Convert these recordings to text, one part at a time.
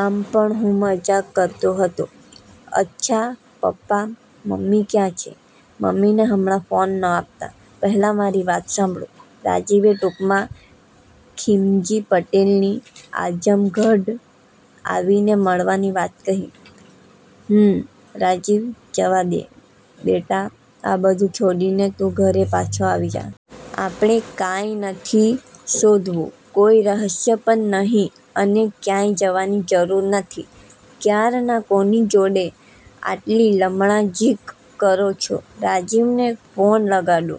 આમ પણ હું મજાક કરતો હતો. "અચ્છા પપ્પા, મમ્મી ક્યાં છે? મમ્મીને હમણાં ફોન ન આપતા પહેલા મારી વાત સાંભળો." રાજીવે ટૂંકમાં ખીમજી પટેલની આઝમગઢ આવીને મળવાની વાત કહી. "હમ્મ રાજીવ, જવા દે બેટા, આ બધું છોડીને તું ઘરે પાછો આવી જા. આપણે કાંઈ નથી શોધવું, કોઈ રહસ્ય પણ નહીં અને ક્યાંય જવાની જરૂર નથી." "ક્યારના કોની જોડે આટલી લમણાઝીંક કરો છો? રાજીવને ફોન લગાડો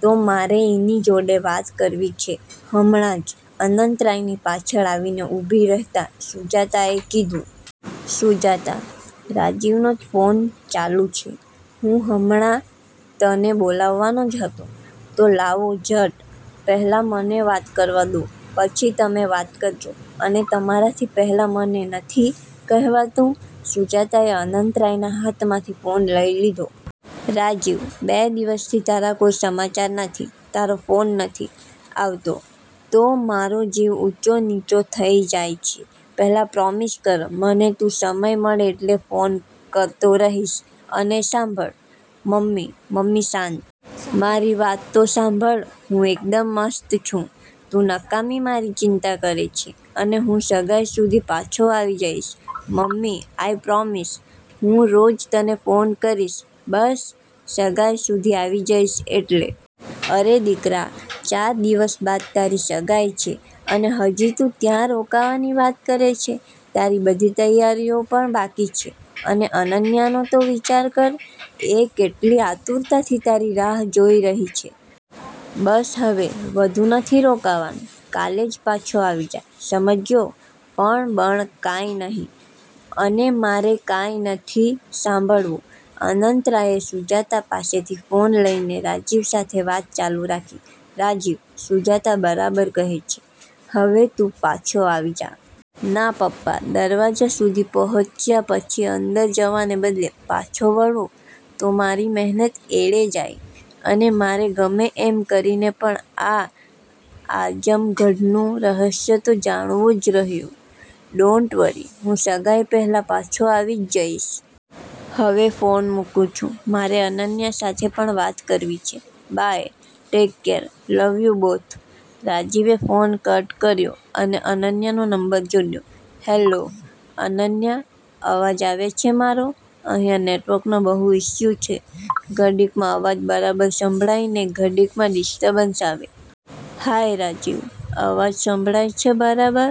તો મારે એની જોડે વાત કરવી છે. હમણાં જ," અનંતરાયની પાછળ આવીને ઊભી રહેતા સુજાતાએ કીધું. "સુજાતા, રાજીવનો જ ફોન ચાલુ છે, હું હમણાં તને બોલાવવાનો જ હતો." "તો લાવો ઝટ, પહેલાં મને વાત કરવા દો પછી તમે વાત કરજો અને તમારાથી પહેલા મને નથી કહેવાતું?" સુજાતાએ અનંતરાયના હાથમાંથી ફોન લઈ લીધો. "રાજીવ, બે દિવસથી તારા કોઈ સમાચાર નથી, તારો ફોન નથી આવતો તો મારો જીવ ઊંચો નીચો થઈ જાય છે. પહેલાં પ્રોમિસ કર મને તું સમય મળે એટલે ફોન કરતો રહીશ, અને સાંભળ." "મમ્મી, મમ્મી શાંત. મારી વાત તો સાંભળ. હું એકદમ મસ્ત છું, તું નકામી મારી ચિંતા કરે છે, અને હું સગાઈ સુધી પાછો આવી જઈશ. મમ્મી આઈ પ્રોમિસ, હું રોજ તને ફોન કરીશ, બસ." "સગાઈ સુધી આવી જઈશ એટલે? અરે દીકરા, ચાર દિવસ બાદ તારી સગાઈ છે અને હજી તું ત્યાં રોકાવાની વાત કરે છે. તારી બધી તૈયારીઓ પણ બાકી છે અને અનન્યાનો તો વિચાર કર, એ કેટલી આતુરતાથી તારી રાહ જોઈ રહી છે. બસ હવે વધુ નથી રોકાવાનું, કાલે જ પાછો આવી જા, સમજ્યો?" "પણ-બણ કાંઈ નહિ અને મારે કાંઈ નથી સાંભળવું," અનંતરાયે સુજાતા પાસેથી ફોન લઈને રાજીવ સાથે વાત ચાલુ રાખી. "રાજીવ, સુજાતા બરાબર કહે છે, હવે તું પાછો આવી જા." "ના પપ્પા, દરવાજા સુધી પહોંચ્યા પછી અંદર જવાને બદલે પાછો વળું તો મારી મહેનત એળે જાય, અને મારે ગમે એમ કરીને પણ આ આઝમગઢનું રહસ્ય તો જાણવું જ રહ્યું. ડોન્ટ વરી, હું સગાઈ પહેલા પાછો આવી જ જઈશ. હવે ફોન મૂકું છું, મારે અનન્યા સાથે પણ વાત કરવી છે. Bye, take care, love you both." રાજીવે ફોન કટ કર્યો અને અનન્યાનો નંબર જોડ્યો. "હેલ્લો, અનન્યા, અવાજ આવે છે મારો? અહીંયા નેટવર્કનો બહુ ઇસ્યુ છે, ઘડીકમાં અવાજ બરાબર સંભળાય ને ઘડીકમાં ડિસ્ટર્બન્સ આવે." "હાય રાજીવ, અવાજ સંભળાય છે બરાબર.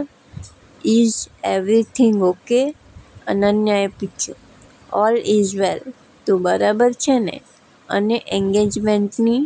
Is everything okay?" અનન્યાએ પૂછ્યું. "ઓલ ઇઝ વેલ, તું બરાબર છે ને? અને એંગેજમેન્ટની